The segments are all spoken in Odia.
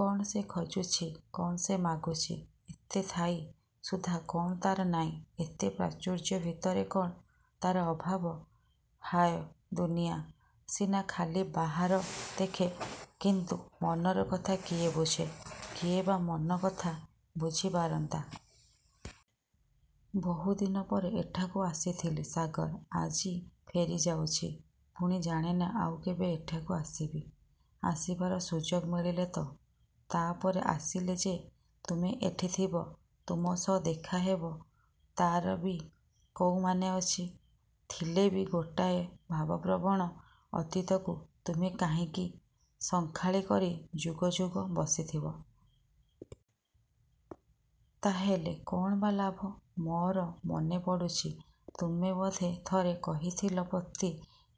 କ'ଣ ସେ ଖୋଜୁଛି–କ'ଣ ସେ ମାଗୁଛି? ଏତେ ଥାଇ ସୁଦ୍ଧା କ'ଣ ତା'ର ନାଇଁ; ଏତେ ପ୍ରାଚୁର୍ଯ୍ୟ ଭିତରେ କ'ଣ ତା'ର ଅଭାବ। ହାୟ! ଦୁନିଆ ସିନା ଖାଲି ବାହାର ଦେଖେ; କିନ୍ତୁ ମନର କଥା କିଏ ବୁଝେ? କିଏ ବା ମନ କଥା ବୁଝି ପାରନ୍ତା? ବହୁ ଦିନ ପରେ ଏଠାକୁ ଆସିଥିଲି ସାଗର; ଆଜି ଫେରି ଯାଉଛି। ପୁଣି ଜାଣେନା ଆଉ କେବେ ଏଠାକୁ ଆସିବି; ଆସିବାର ସୁଯୋଗ ମିଳିଲେ ତ? ତା'ପରେ ଆସିଲେ ଯେ ତୁମେ ଏଠିଥିବ; ତୁମ ସହ ଦେଖାହେବ ତା'ର ବି କୋଉମାନେ ଅଛି। ଥିଲେ ବି; ଗୋଟାଏ ଭାବପ୍ରବଣ ଅତୀତକୁ ତୁମେ କାହିଁକି ସଙ୍ଖାଳୀ କରି ଯୁଗ ଯୁଗ ବସିଥିବ? ତା'ହେଲେ। କ'ଣ ବା ଲାଭ? ମୋର ମନେ ପଡ଼ୁଛି ତୁମେ ବୋଧେ ଥରେ କହିଥିଲ ପ୍ରତି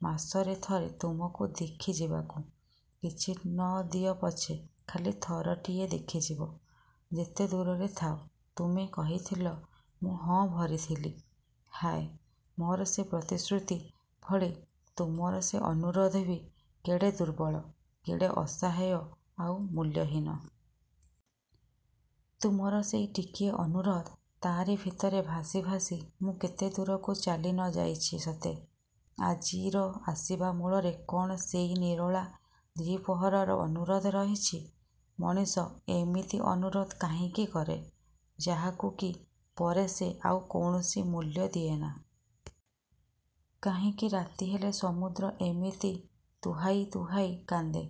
ମାସରେ ଥରେ ତୁମକୁ ଦେଖି ଯିବାକୁ। ''କିଛି ନ ଦିଅ ପଛେ'' ଖାଲି ଥରଟିଏ ଦେଖିଯିବ–ଯେତେ ଦୂରରେ ଥାଅ। ତୁମେ କହିଥିଲ, ମୁଁ ହଁ ଭରିଥିଲି। ହାୟ; ମୋର ସେ ପ୍ରତିଶ୍ରୁତି ଭଳି ତୁମର ସେ ଅନୁରୋଧ ବି କେଡ଼େ ଦୁର୍ବଳ, କେଡ଼େ ଅସହାୟ ଆଉ ମୂଲ୍ୟହୀନ। ତୁମର ସେଇ ଟିକିଏ ଅନୁରୋଧ; ତା'ରି ଭିତରେ ଭାସି ଭାସି ମୁଁ କେତେ ଦୂରକୁ ଚାଲି ନ ଯାଇଛି ସତେ! ଆଜିର ଆସିବା ମୂଳରେ କ'ଣ ସେଇ ନିରୋଳା ଦ୍ୱିପ୍ରହରର ଅନୁରୋଧ ରହିଛି। ମଣିଷ ଏମିତି ଅନୁରୋଧ କାହିଁକି କରେ; ଯାହାକୁ କି ପରେ ସେ ଆଉ କୌଣସି ମୂଲ୍ୟ ଦିଏନା। କାହିଁକି ରାତି ହେଲେ ସମୁଦ୍ର ଏମିତି ତୁହାଇ ତୁହାଇ କାନ୍ଦେ।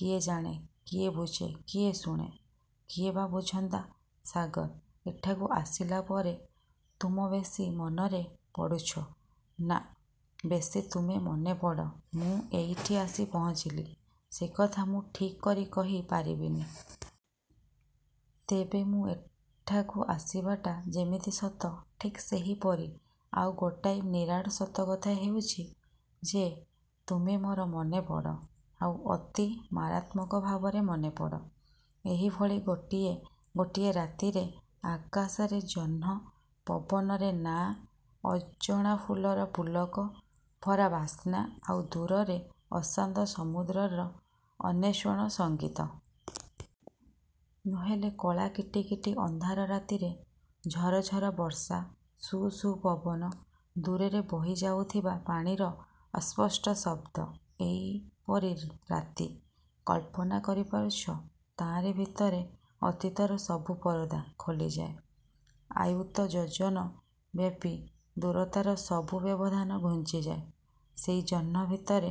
କିଏ ଜାଣେ, କିଏ ବୁଝେ, କିଏ ଶୁଣେ? କିଏ ବା ବୁଝନ୍ତା? ସାଗର! ଏଠାକୁ ଆସିଲା ପରେ ତୁମ ବେଶୀ ମନରେ ପଡ଼ୁଛ ନା ବେଶୀ ତୁମେ ମନେପଡ଼ ମୁଁ ଏଇଠି ଆସି ପହଞ୍ଚିଲି, ସେ କଥା ମୁଁ ଠିକ୍ କରି କହି ପାରିବିନି। ତେବେ ମୁଁ ଏଠାକୁ ଆସିବାଟା ଯେମିତି ସତ; ଠିକ୍ ସେହିପରି ଆଉ ଗୋଟାଏ ନିରାଟ ସତ କଥା ହେଉଛି ଯେ ''ତୁମେ ମୋର ମନେ ପଡ଼। '' ଆଉ ଅତି ମାରାତ୍ମକ ଭାବରେ ମନେ ପଡ଼, ଏଇଭଳି ଗୋଟିଏ ଗୋଟିଏ ରାତିରେ। ଆକାଶରେ ଜହ୍ନ–ପବନରେ ନାଁ ଅଜଣା ଫୁଲର ପୁଲକ–ଭରା ବାସ୍ନା–ଆଉ ଦୂରରେ ଅଶାନ୍ତ ସମୁଦ୍ରର ଅନ୍ୱେଷଣ–ସଙ୍ଗୀତ। ନହେଲେ କଳା କିଟିକିଟି ଅନ୍ଧାର ରାତିରେ–ଝରଝର ବର୍ଷା–ସୁ ସୁ ପବନ–ଦୂରରେ ବହି ଯାଉଥିବା ପାଣିର ଅସ୍ପଷ୍ଟ ଶବ୍ଦ। ଏଇପରି ରାତି–କଳ୍ପନା କରି ପାରୁଛ? ତା'ରି ଭିତରେ ଅତୀତର ସବୁ ପରଦା ଖୋଲିଯାଏ–ଅୟୂତ ଯୋଜନ ବ୍ୟାପୀ ଦୂରତାର ସବୁ ବ୍ୟବଧାନ ଘୁଞ୍ଚିଯାଏ–ସେଇ ଜହ୍ନ ଭିତରେ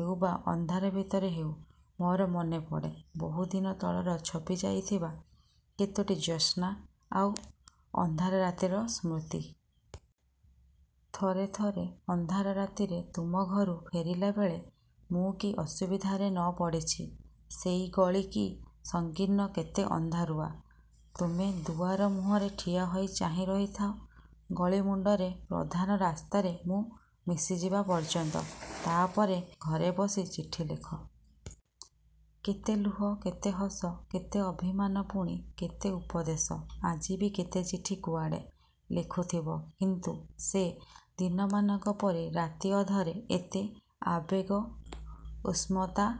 ହେଉ ବା ଅନ୍ଧାର ଭିତରେ ହେଉ; ମୋର ମନେପଡ଼େ; ବହୁ ଦିନ ତଳର ଛପି ଯାଇଥିବା କେତୋଟି ଜ୍ୟୋସ୍ନା ଆଉ ଅନ୍ଧାର ରାତିର ସ୍ମୃତି। ଥରେ ଥରେ ଅନ୍ଧାର ରାତିରେ ତୁମ ଘରୁ ଫେରିଲାବେଳେ ମୁଁ କି ଅସୁବିଧାରେ ନ ପଡ଼ିଛି। ସେଇ ଗଳି କି ସଂକୀର୍ଣ୍ଣ, କେତେ ଅନ୍ଧାରୁଆ। ତୁମେ ଦୁଆର ମୁହଁରେ ଠିଆହୋଇ ଚାହିଁ ରହିଥାଅ; ଗଳି ମୁଣ୍ଡରେ ପ୍ରଧାନ ରାସ୍ତାରେ ମୁଁ ମିଶିଯିବା ପର୍ଯ୍ୟନ୍ତ। ତା'ପରେ ଘରେ ବସି ଚିଠି ଲେଖ। କେତେ ଲୁହ, କେତେ ହସ, କେତେ ଅଭିମାନ ପୁଣି କେତେ ଉପଦେଶ! ଆଜି ବି କେତେ ଚିଠି କୁଆଡ଼େ ଲେଖୁଥିବ କିନ୍ତୁ ସେ ଦିନମାନଙ୍କ ପରି ରାତି ଅଧରେ; ଏତେ ଆବେଗ, ଉଷ୍ମତା